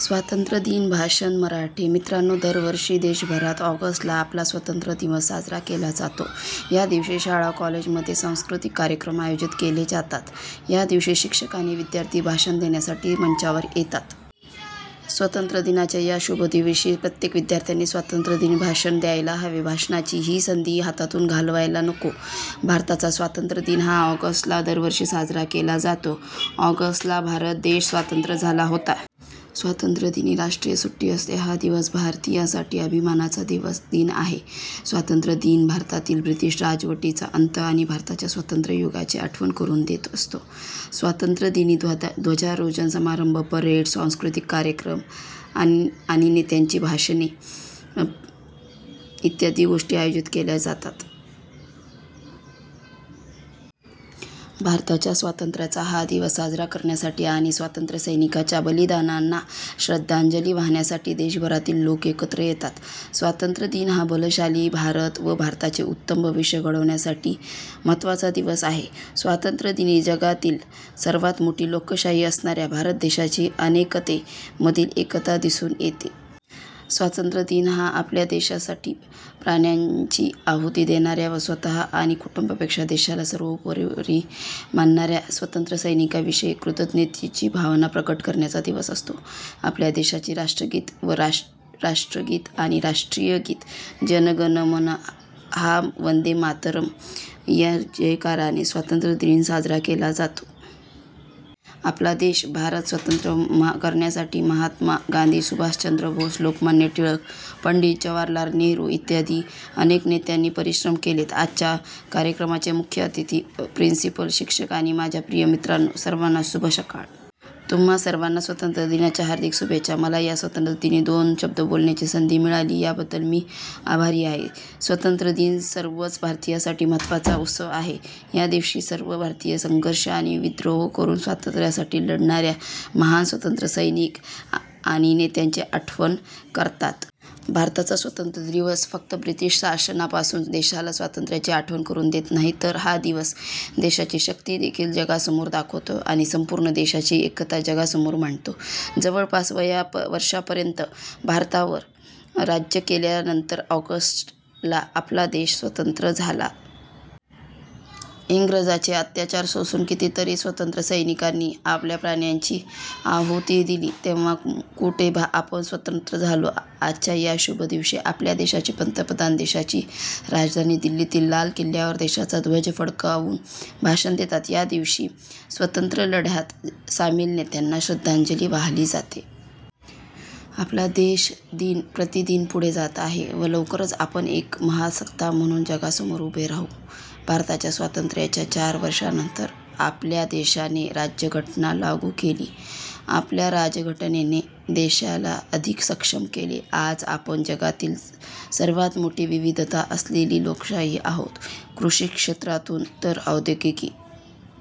स्वातंत्र्य दिन भाषण मराठी -: मित्रांनो दरवर्षी देशभरात ऑगस्ट ला आपला स्वतंत्र दिवस साजरा केला जातो. या दिवशी शाळा कॉलेजमध्ये सांस्कृतिक कार्यक्रम आयोजित केले जातात. या दिवशी शिक्षक आणि विद्यार्थी भाषण देण्यासाठी मंचावर येतात. स्वतंत्र दिनाच्या या शुभ दिवशी प्रत्येक विद्यार्थ्याने स्वातंत्र्य दिन भाषण द्यायला हवे. भाषणाची ही संधी हातातून घालवायला नको. भारताचा स्वातंत्र्य दिन हा ऑगस्ट ला दरवर्षी साजरा केला जातो. ऑगस्ट ला भारत देश स्वातंत्र्य झाला होता. स्वातंत्र्यदिनी राष्ट्रीय सुट्टी असते, हा दिवस भारतीयांसाठी अभिमानाचा दिन आहे. स्वातंत्र्य दिन भारतातील ब्रिटिश राजवटीचा अंत आणि भारताच्या स्वातंत्र्य युगाची आठवण करून देत असतो. स्वतंत्रदिनी ध्वजारोहण समारंभ, परेड, सांस्कृतिक कार्यक्रम आणि नेत्यांची भाषणे इत्यादी गोष्टी आयोजित केल्या जातात. भारताच्या स्वातंत्र्याचा हा दिवस साजरा करण्यासाठी आणि स्वातंत्र्यसैनिकांच्या बलिदानांना श्रद्धांजली वाहण्यासाठी देशभरातील लोक एकत्र येतात. स्वातंत्र्य दिन हा बलशाली भारत व भारताचे उत्तम भविष्य घडवण्यासाठी महत्त्वाचा दिवस आहे. स्वातंत्र्यदिनी जगातील सर्वात मोठी लोकशाही असणाऱ्या भारत देशाची अनेकते मधील एकता दिसून येते. स्वातंत्र्य दिन हा आपल्या देशासाठी प्राण्यांची आहुती देणाऱ्या व स्वतः आणि कुटुंबापेक्षा देशाला सर्वोपरी मानणाऱ्या स्वतंत्र सैनिकांविषयी कृतज्ञतेची भावना प्रकट करण्याचा दिवस असतो. आपल्या देशाचे राष्ट्रगीत व राष्ट्रीय गीत, जनगणमन हा वंदे मातरम यांच्या जयकाराने स्वातंत्र्य दिन साजरा केला जातो. आपला देश भारत स्वतंत्र करण्यासाठी महात्मा गांधी, सुभाष चंद्र बॉस, लोकमान्य टिळक, पंडित जवाहरलाल नेहरू इत्यादि अनेक नेत्यांनी परिश्रम केलेत. आजच्या कार्यक्रमाचे मुख्य अतिथी, प्रिन्सिपल, शिक्षक आणि माझ्या प्रिय मित्रांनो सर्वांना शुभ सकाळ. तुम्हा सर्वांना स्वतंत्र दिनाच्या हार्दिक शुभेच्छा. मला या स्वतंत्र दिनी दोन शब्द बोलण्याची संधी मिळाली या बद्दल मी आभारी आहे. स्वतंत्र दिन सर्वच भारतीयांसाठी महत्त्वाचा उत्सव आहे. या दिवशी सर्व भारतीय संघर्ष आणि विद्रोह करून स्वातंत्र्यासाठी लढणाऱ्या महान स्वतंत्र सैनिक आणि नेत्याची आठवण करतात. भारताचा स्वतंत्र दिवस फक्त ब्रिटिश शासना पासून देशाला स्वातंत्र्याची आठवण करून देत नाही, तर हा दिवस देशाची शक्ती देखील जगासमोर दाखवतो. आणि संपूर्ण देशाची एकता जगासमोर मांडतो. जवळपास वर्षापर्यंत भारतावर राज्य केल्यानंतर ऑगस्ट ला आपला देश स्वतंत्र झाला. इंग्रजांचे अत्याचार सोसून कितीतरी स्वतंत्र सैनिकांनी आपल्या प्राणांची आहुती दिली. तेव्हा कुठे आपण स्वतंत्र झालो. आजच्या या शुभ दिवशी आपल्या देशाचे पंतप्रधान देशाची राजधानी दिल्लीतील लाल किल्ल्यावर देशाचा ध्वज फडकावून भाषण देतात. या दिवशी स्वतंत्र लढ्यात सामील नेत्यांना श्रद्धांजली वाहिली जाते. आपला देश दिन प्रतिदिन पुढे जात आहे. व लवकरच आपण एक महासत्ता म्हणून जगासमोर उभे राहू. भारताच्या स्वातंत्र्याच्या चार वर्षानंतर आपल्या देशाने राज्यघटना लागू केली. आपल्या राज्यघटनेने देशाला अधिक सक्षम केले. आज आपण जगातील सर्वात मोठी विविधता असलेली लोकशाही आहोत. कृषी क्षेत्रापासून तर औद्योगिकी